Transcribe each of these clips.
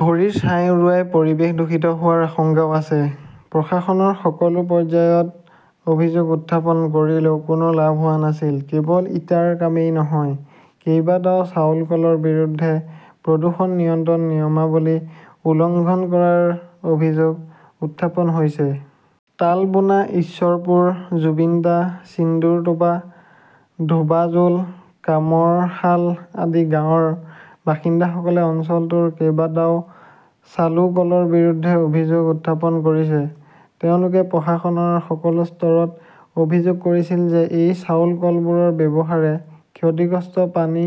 ভৰিৰ ছাই উৰুৱাই পৰিৱেশ দূষিত হোৱাৰ আশংকাও আছে। প্ৰশাসনৰ সকলো পৰ্যায়ত অভিযোগ উত্থাপন কৰিলেও কোনো লাভ হোৱা নাছিল। কেৱল ইটাৰ কামেই নহয়, কেইবাটাও চাউল কলৰ বিৰুদ্ধে প্ৰদূষণ নিয়ন্ত্ৰণ নিয়মাৱলী উলংঘন কৰাৰ অভিযোগ উত্থাপন হৈছে। তালবোনা, ঈশ্বৰপুৰ, জুৱিন্টা, ছিন্দুৰটোপা, ধোবাজোল, কামৰশাল আদি গাঁৱৰ বাসিন্দাসকলে অঞ্চলটোৰ কেইবাটাও চালু কলৰ বিৰুদ্ধে অভিযোগ উত্থাপন কৰিছে। তেওঁলোকে প্ৰশাসনৰ সকলো স্তৰত অভিযোগ কৰিছিল যে এই চাউল কলবোৰৰ ব্যৱহাৰে ক্ষতিগ্ৰস্ত পানী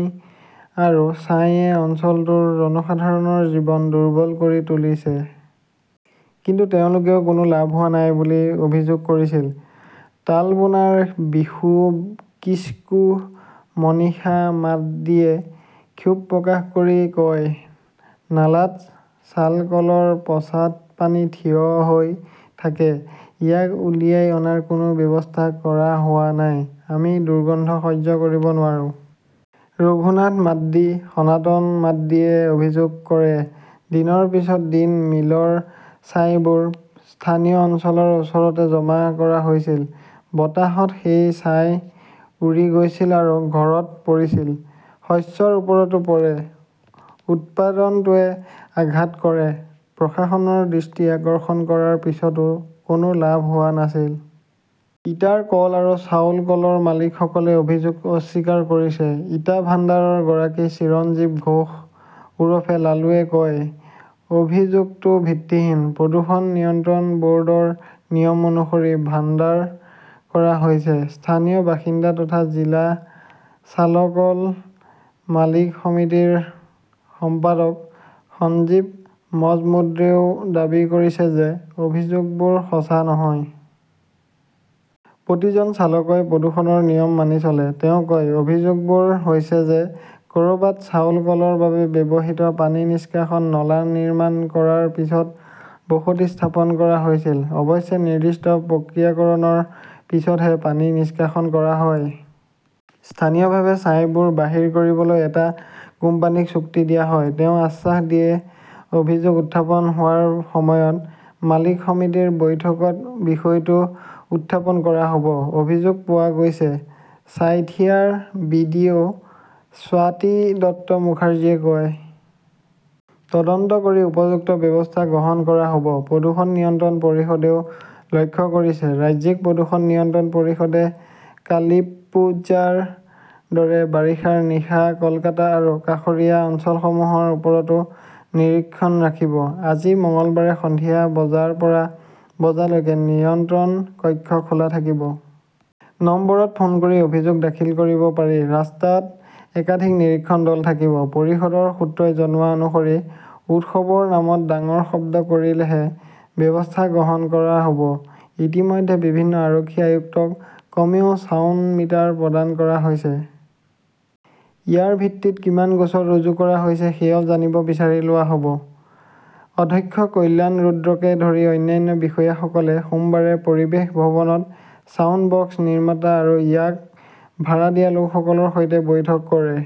আৰু ছাইয়ে অঞ্চলটোৰ জনসাধাৰণৰ জীৱন দুৰ্বল কৰি তুলিছে। কিন্তু তেওঁলোকেও কোনো লাভ হোৱা নাই বুলি অভিযোগ কৰিছিল। তালবোনাৰ বিশু কিস্কু, মনীষা মাড্ডীয়ে ক্ষোভ প্ৰকাশ কৰি কয়, নালাত চালকলৰ পচা পানী থিয় হৈ থাকে। ইয়াক উলিয়াই অনাৰ কোনো ব্যৱস্থা কৰা হোৱা নাই। আমি দুৰ্গন্ধ সহ্য কৰিব নোৱাৰোঁ। ৰঘুনাথ মাড্ডী, সনাতন মাড্ডীয়ে অভিযোগ কৰে, দিনৰ পিছত দিন মিলৰ ছাইবোৰ স্থানীয় অঞ্চলৰ ওচৰতে জমা কৰা হৈছিল। বতাহত সেই ছাই উৰি গৈছিল আৰু ঘৰত পৰিছিল। শস্যৰ ওপৰতো পৰে। উৎপাদনটোৱে আঘাত কৰে। প্ৰশাসনৰ দৃষ্টি আকৰ্ষণ কৰাৰ পিছতো কোনো লাভ হোৱা নাছিল। ইটাৰ কল আৰু চাউল কলৰ মালিকসকলে অভিযোগ অস্বীকাৰ কৰিছে। ইটা ভাণ্ডাৰৰ গৰাকী চিৰঞ্জীৱ ঘোষ উৰফে লালুৱে কয়, অভিযোগটো ভিত্তিহীন। প্ৰদূষণ নিয়ন্ত্ৰণ বৰ্ডৰ নিয়ম অনুসৰি ভাণ্ডাৰ কৰা হৈছে। স্থানীয় বাসিন্দা তথা জিলা চালকল মালিক সমিতিৰ সম্পাদক সঞ্জীৱ মজমুদ্ৰেও দাবী কৰিছে যে অভিযোগবোৰ সঁচা নহয়। প্ৰতিজন চালকই প্ৰদূষণৰ নিয়ম মানি চলে। তেওঁ কয়, অভিযোগবোৰ হৈছে যে কৰবাত চাউল কলৰ বাবে ব্যৱহৃত পানী নিষ্কাশন নলা নিৰ্মাণ কৰাৰ পিছত বসতি স্থাপন কৰা হৈছিল। অৱশ্যে, নিৰ্দিষ্ট প্ৰক্ৰিয়াকৰণৰ পিছতহে পানী নিষ্কাশন কৰা হয়। স্থানীয়ভাৱে ছাইবোৰ বাহিৰ কৰিবলৈ এটা কোম্পানীক চুক্তি দিয়া হয়। তেওঁ আশ্বাস দিয়ে, অভিযোগ উত্থাপন হোৱাৰ সময়ত মালিক সমিতিৰ বৈঠকত বিষয়টো উত্থাপন কৰা হব। অভিযোগ পোৱা গৈছে, ছাইথিয়াৰ B. D. O. Swati Dutta মুখাৰ্জীয়ে কয়। তদন্ত কৰি উপযুক্ত ব্যৱস্থা গ্ৰহণ কৰা হব। প্ৰদূষণ নিয়ন্ত্ৰণ পৰিষদেও লক্ষ্য কৰিছে ৰাজ্যিক প্ৰদূষণ নিয়ন্ত্ৰণ পৰিষদে কালিপ্পুঝাৰ দৰে বাৰিষাৰ নিশা কলকাতা আৰু কাষৰীয়া অঞ্চলসমূহৰ ওপৰতো নিৰীক্ষণ ৰাখিব। আজি মঙলবাৰে সন্ধিয়া বজাৰ পৰা বজালৈকে নিয়ন্ত্ৰণ কক্ষ খোলা থাকিব। নম্বৰত ফোন কৰি অভিযোগ দাখিল কৰিব পাৰি। ৰাস্তাত একাধিক নিৰীক্ষণ দল থাকিব। পৰিষদৰ সূত্ৰই জনোৱা অনুসৰি উৎসৱৰ নামত ডাঙৰ শব্দ কৰিলেহে ব্যৱস্থা গ্ৰহণ কৰা হব। ইতিমধ্যে বিভিন্ন আৰক্ষী আয়ুক্তক কমেও ছাউণ্ড মিটাৰ প্ৰদান কৰা হৈছে। ইয়াৰ ভিত্তিত কিমান গোচৰ ৰুজু কৰা হৈছে সেয়াও জানিব বিচাৰি লোৱা হব। অধ্যক্ষ কল্যাণ ৰুদ্ৰকে ধৰি অন্যান্য বিষয়াসকলে সোমবাৰে পৰিৱেশ ভৱনত ছাউণ্ড বক্স নিৰ্মাতা আৰু ইয়াক ভাড়া দিয়া লোকসকলৰ সৈতে বৈঠক কৰে।